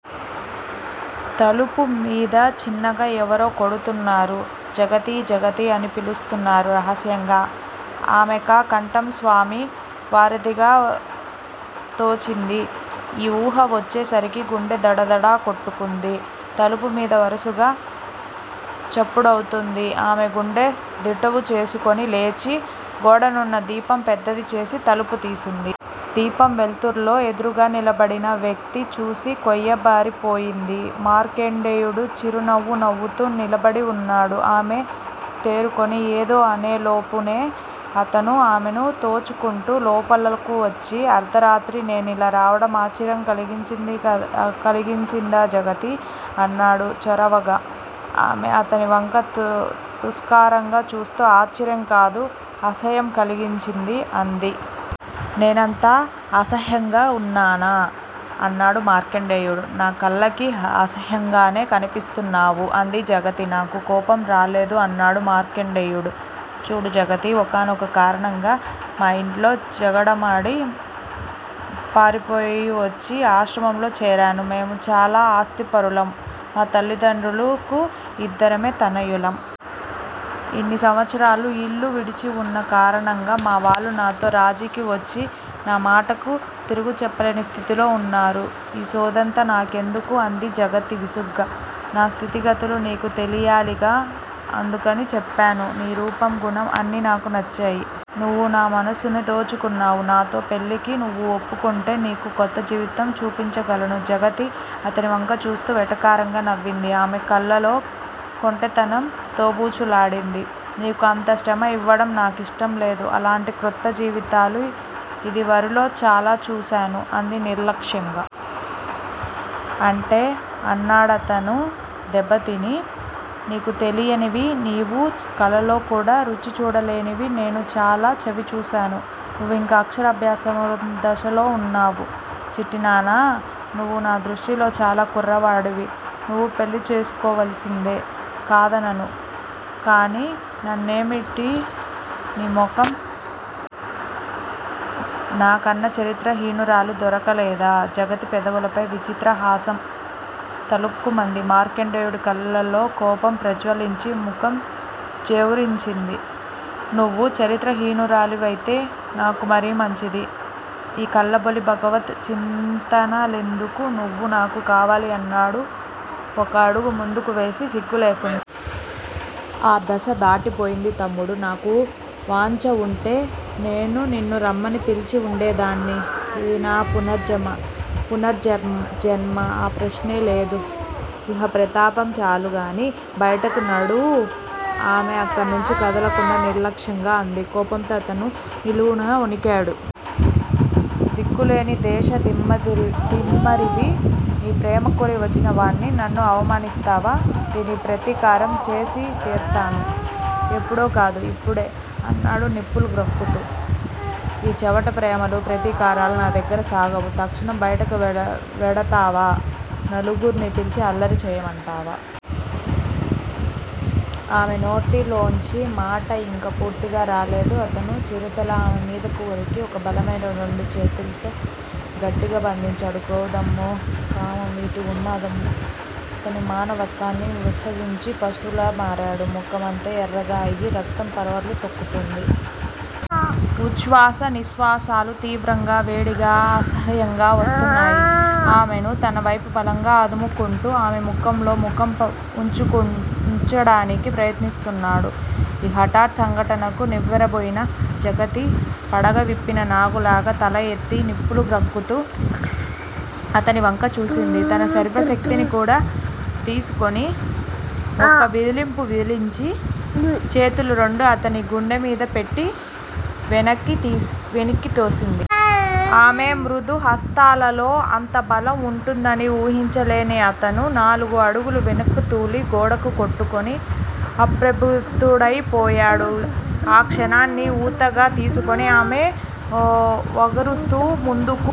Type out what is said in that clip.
తలుపు మీద చిన్నగా ఎవరో కొడుతున్నారు. జగతీ! జగతీ! అని పిలుస్తున్నారు రహస్యంగా. ఆమెకా కంఠం స్వామి వారిదిగా తోచింది. ఈ ఊహ వచ్చే సరికి గుండె దడదడ కొట్టుకుంది. తలుపు మీద వరుసగా చప్పుడవుతోంది. ఆమె గుండె దిటవు చేసుకుని లేచి, గోడనున్న దీపం పెద్దది చేసి, తలుపుతీసింది. దీపం వెల్తుర్లో ఎదురుగా నిలబడిన వ్యక్తిని చూసి కొయ్యబారి పోయింది. మార్కండేయుడు చిరునవ్వు నవ్వుతూ నిలబడి వున్నాడు. ఆమె తేరుకుని ఏదో అనేలోపునే అతను ఆమెను తోచుకుంటూ లోపలకు వచ్చి, అర్ధరాత్రి నేనిలా రావటం ఆశ్చర్యం కలిగించిందా జగతీ! అన్నాడు చొరవగా. ఆమె అతని వంక తూస్కారంగా చూస్తూ ఆశ్చర్యం కాదు అసహ్యం కలిగించింది అంది. నేనంత అసహ్యంగా వున్నానా? అన్నాడు మార్కండేయుడు. నా కళ్ళకి అసహ్యంగానే కనిపిస్తున్నావు అంది జగతి. నాకు కోపం రాలేదు అన్నాడు మార్కండేయుడు. చూడు జగతీ! ఒకానొక కారణంగా మా యింట్లో జగడమాడి పారిపోయివచ్చి ఆశ్రమంలో చేరాను. మేము చాలా ఆస్తిపరులం. మా తల్లిదండ్రులకు యిద్దరమే తనయులం. ఇన్ని సంవత్సరాలు యిల్లు విడిచివున్న కారణంగా మావాళ్ళు నాతో రాజీకి వచ్చి నా మాటకు తిరుగు చెప్పలేని స్థితిలో వున్నారు. ఈ సోదంతా నాకెందుకు? అంది జగతి విసుగ్గా. నా స్థితిగతులు నీకు తెలియాలిగా, అందుకని చెప్పాను. నీ రూపం, గుణం అన్నీ నాకు నచ్చాయి. నువ్వు నా మనస్సుని దోచుకున్నావు. నాతో పెళ్ళికి నువ్వు ఒప్పుకుంటే నీకు కొత్తజీవితం చూపించగలను. జగతి అతనివంక చూస్తూ వెటకారంగా నవ్వింది. ఆమెకళ్ళలో కొంటె తనం దోబూచులాడింది. నీకు అంత శ్రమ యివ్వటం నాకిష్టం లేదు. అలాంటి క్రొత్త జీవితాలు ఇదివరలో చాలా చూశాను అంది నిర్లక్ష్యంగా. అంటే? అన్నాడతను దెబ్బతిని. నీకు తెలియనివి, నీవు కలలో కూడా రుచి చూడలేనివి నేను చాలా చవి చూశాను. నువ్వింకా అక్షరాభ్యాసం దశలో వున్నావు చిట్టి నాన్నా! నువ్వు నా దృష్టిలో చాలా కుర్రవాడివి. నువ్వు పెళ్ళి చేసుకోవలసిందే. కాదనను. కాని నన్నేమిటి నీ మొహం. నాకన్నా చరిత్ర హీనురాలు దొరకలేదా? జగతి పెదవులపై విచిత్రహాసం తళుక్కుమంది. మార్కండేయుడి కళ్ళలో కోపం ప్రజ్వలించి, ముఖం జేవురించింది. నువ్వు చరిత్ర హీనురాలు వైతే నాకు మరీ మంచిది. ఈ కల్లబొల్లి భగవత్ చింతనలెందుకు? నువ్వు నాకు కావాలి అన్నాడు ఒక అడుగు ముందుకు వేసి సిగ్గు లేకుండా. ఆ దశ దాటి పోయింది తమ్ముడూ. నాకు వాంఛ వుంటే నేనే నిన్ను రమ్మని పిల్చి వుండేదాన్ని. ఇది నా పునర్జన్మ. ఆ ప్రశ్నే లేదు. ఇహ ప్రతాపం చాలు గాని బయటకు నడు ఆమె అక్కడ్నుంచి కదలకుండా నిర్లక్ష్యంగా అంది. కోపంతో అతను నిలువునా వొణికాడు. దిక్కులేని దేశ ద్రిమ్మరివి, నీ ప్రేమకోరి వచ్చిన వాడ్ని, నన్ను అవమానిస్తావా? దీనికి ప్రతీకారం చేసి తీర్తాను. ఎప్పుడో కాదు, యిప్పుడే అన్నాడు నిప్పులు గ్రక్కుతూ. ఈ చవట ప్రేమలూ, ప్రతీకారాలూ నా దగ్గర సాగవు. తక్షణం బయటకు వెడతావా? నలుగుర్నీ పిలిచి అల్లరి చేయమంటావా? ఆమె నోటి లోంచి మాట యింకా పూర్తిగా రాలేదు. అతను చిరుతలా ఆమె మీదకు ఉరికి, తన బలమైన రెండు చేతుల్తో ఆమెను గట్టిగా బంధించాడు. క్రోధం, మోహం, కామం వీటి ఉన్మాదంతో అతను మానవత్వాన్ని విసర్జించి పశువులా మారాడు. ముఖమంతా యెర్రగా అయి, రక్తం పరవళ్ళు తొక్కుతోంది. ఉచ్చ్వాస నిశ్వాసాలు తీవ్రంగా, వేడిగా, అసహ్యంగా వస్తున్నాయి. ఆమెను తన వైపు బలంగా అదుముకుంటూ, ఆమె ముఖంలో ముఖం వుంచటానికి ప్రయత్నిస్తున్నాడు. ఈ హఠాత్ సంఘటనకు నివ్వెరపోయిన జగతి పడగ విప్పిన నాగులా తల ఎత్తి నిప్పులు గ్రక్కుతూ అతని వంక చూసింది. తన సర్వశక్తినీ కూడ దీసుకుని ఒక్క విదిలింపు విదిలించి, చేతులు రెండూ అతని గుండె మీద పెట్టి వెనక్కి తోసింది. ఆమె మృదు హస్తాలలో అంత బలం వుంటుందని వూహించలేని అతను నాలుగు అడుగులు వెనక్కి తూలి, గోడకు కొట్టుకుని, అప్రతిభుడైపోయాడు. ఆ క్షణాన్ని ఊతగా తీసుకుని ఆమె వగరుస్తూ ముందుకు